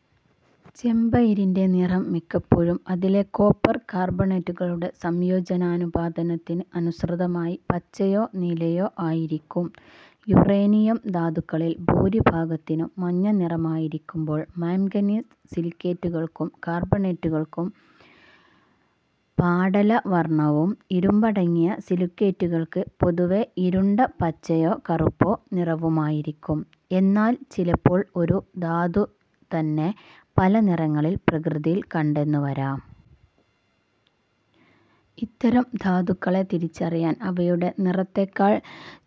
ഉദാ. ചെമ്പയിരിന്റെ നിറം മിക്കപ്പോഴും അതിലെ കോപ്പർ കാർബണേറ്റുകളുടെ സംയോജനാനുപാതത്തിന് അനുസൃതമായി പച്ചയോ നീലയോ ആയിരിക്കും. യുറേനിയം ധാതുക്കളിൽ ഭൂരിഭാഗത്തിനും മഞ്ഞനിറമായിരിക്കുമ്പോൾ മാംഗനീസ് സിലിക്കേറ്റുകൾക്കും കാർബണേറ്റുകൾക്കും പാടലവർണവും ഇരുമ്പടങ്ങിയ സിലിക്കേറ്റുകൾക്ക് പൊതുവേ ഇരുണ്ട പച്ചയോ കറുപ്പോ നിറവുമായിരിക്കും. എന്നാൽ ചിലപ്പോൾ ഒരു ധാതുതന്നെ പല നിറങ്ങളിൽ പ്രകൃതിയിൽ കണ്ടെന്നുവരാം. ഇത്തരം ധാതുക്കളെ തിരിച്ചറിയാൻ അവയുടെ നിറത്തെക്കാൾ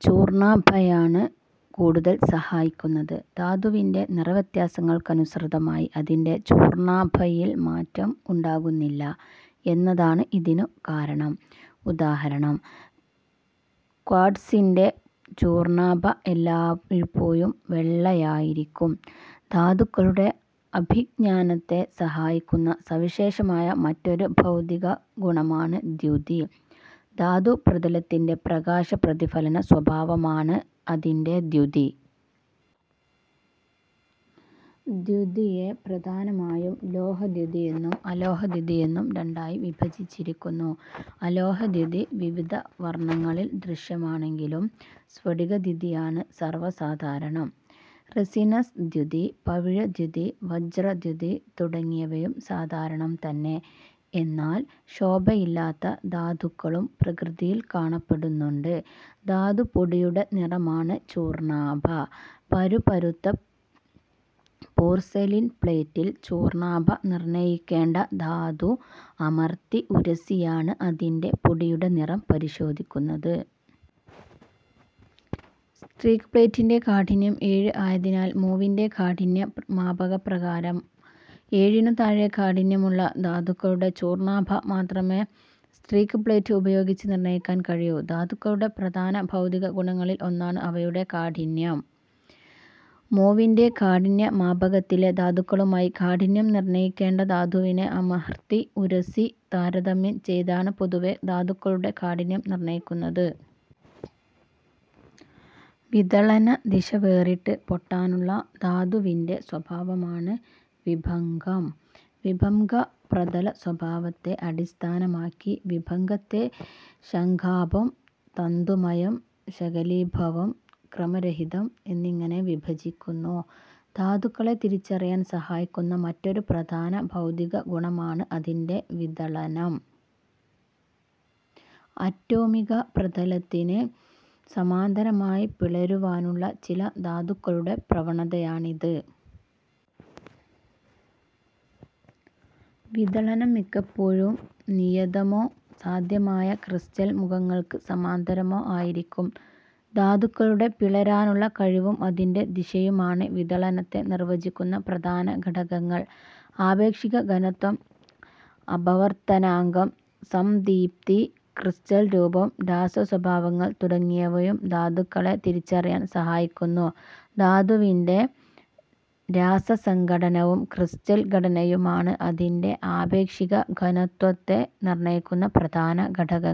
ചൂർണാഭയാണ് കൂടുതൽ സഹായിക്കുന്നത്. ധാതുവിന്റെ നിറവ്യത്യാസങ്ങൾക്കനുസൃതമായി അതിന്റെ ചൂർണാഭയിൽ മാറ്റം ഉണ്ടാകുന്നില്ല എന്നതാണ് ഇതിനു കാരണം. ഉദാ. ക്വാർട്ട്സിന്റെ ചൂർണാഭ എല്ലായ്പ്പോഴും വെള്ളയായിരിക്കും. ധാതുക്കളുടെ അഭിജ്ഞാനത്തെ സഹായിക്കുന്ന സവിശേഷമായ മറ്റൊരു ഭൌതിക ഗുണമാണ് ദ്യുതി. ധാതുപ്രതലത്തിന്റെ പ്രകാശ പ്രതിഫലന സ്വഭാവമാണ് അതിന്റെ ദ്യുതി. ദ്യുതിയെ പ്രധാനമായും ലോഹദ്യുതിയെന്നും അലോഹദ്യുതിയെന്നും രണ്ടായി വിഭജിച്ചിരിക്കുന്നു. അലോഹദ്യുതി വിവിധ വർണങ്ങളിൽ ദൃശ്യമാണെങ്കിലും സ്ഫടികദ്യുതിയാണ് സർവസാധാരണം. റെസിനസ് ദ്യുതി, പവിഴ ദ്യുതി, വജ്രദ്യുതി തുടങ്ങിയവയും സാധാരണംതന്നെ. എന്നാൽ ശോഭയില്ലാത്ത ധാതുക്കളും പ്രകൃതിയിൽ കാണപ്പെടുന്നുണ്ട്. ധാതുപൊടിയുടെ നിറമാണ് ചൂർണാഭ. പരുപരുത്ത പോർസെലിൻ പ്ലേറ്റിൽ ചൂർണാഭ നിർണയിക്കേണ്ട ധാതു അമർത്തി ഉരസിയാണ് അതിന്റെ പൊടിയുടെ നിറം പരിശോധിക്കുന്നത്. സ്ട്രീക്ക് പ്ലേറ്റിന്റെ കാഠിന്യം ഏഴ് ആയതിനാൽ മോവിന്റെ കാഠിന്യ മാപക പ്രകാരം ഏഴിനു താഴെ കാഠിന്യമുള്ള ധാതുക്കളുടെ ചൂർണാഭ മാത്രമേ സ്ട്രീക്ക് പ്ളേറ്റ് ഉപയോഗിച്ച് നിർണയിക്കാൻ കഴിയൂ. ധാതുക്കളുടെ പ്രധാന ഭൗതിക ഗുണങ്ങളിൽ ഒന്നാണ് അവയുടെ കാഠിന്യം. മോവിന്റെ കാഠിന്യ മാപകത്തിലെ ധാതുക്കളുമായി കാഠിന്യം നിർണയിക്കേണ്ട ധാതുവിനെ അമർത്തി ഉരസി താരതമ്യം ചെയ്താണ് പൊതുവേ ധാതുക്കളുടെ കാഠിന്യം നിർണയിക്കുന്നത്. വിദളനദിശ വേറിട്ട് പൊട്ടാനുള്ള ധാതുവിന്റെ സ്വഭാവമാണ് വിഭംഗം. വിഭംഗ പ്രതല സ്വഭാവത്തെ അടിസ്ഥാനമാക്കി വിഭംഗത്തെ ശംഖാഭം തന്തുമയം, ശകലീഭവം, ക്രമരഹിതം എന്നിങ്ങനെ വിഭജിക്കുന്നു. ധാതുക്കളെ തിരിച്ചറിയാൻ സഹായിക്കുന്ന മറ്റൊരു പ്രധാന ഭൗതിക ഗുണമാണ് അതിന്റെ വിദളനം. അറ്റോമിക പ്രതലത്തിന് സമാന്തരമായി പിളരുവാനുള്ള ചില ധാതുക്കളുടെ പ്രവണതയാണിത്. വിദളനം മിക്കപ്പോഴും നിയതമോ സാധ്യമായ ക്രിസ്റ്റൽ മുഖങ്ങൾക്ക് സമാന്തരമോ ആയിരിക്കും. ധാതുക്കളുടെ പിളരാനുള്ള കഴിവും അതിന്റെ ദിശയുമാണ് വിദളനത്തെ നിർവചിക്കുന്ന പ്രധാന ഘടകങ്ങൾ.. ആപേഷിക ഘനത്വം, അപവർത്തനാങ്കം, സംദീപ്തി, ക്രിസ്റ്റൽ രൂപം, രാസസ്വഭാവങ്ങൾ തുടങ്ങിയവയും ധാതുക്കളെ തിരിച്ചറിയാൻ സഹായിക്കുന്നു. ധാതുവിന്റെ രാസസംഘടനവും ക്രിസ്റ്റൽ ഘടനയുമാണ് അതിന്റെ ആപേക്ഷിക ഘനത്വത്തെ നിർണയിക്കുന്ന പ്രധാന ഘടകങ്ങൾ.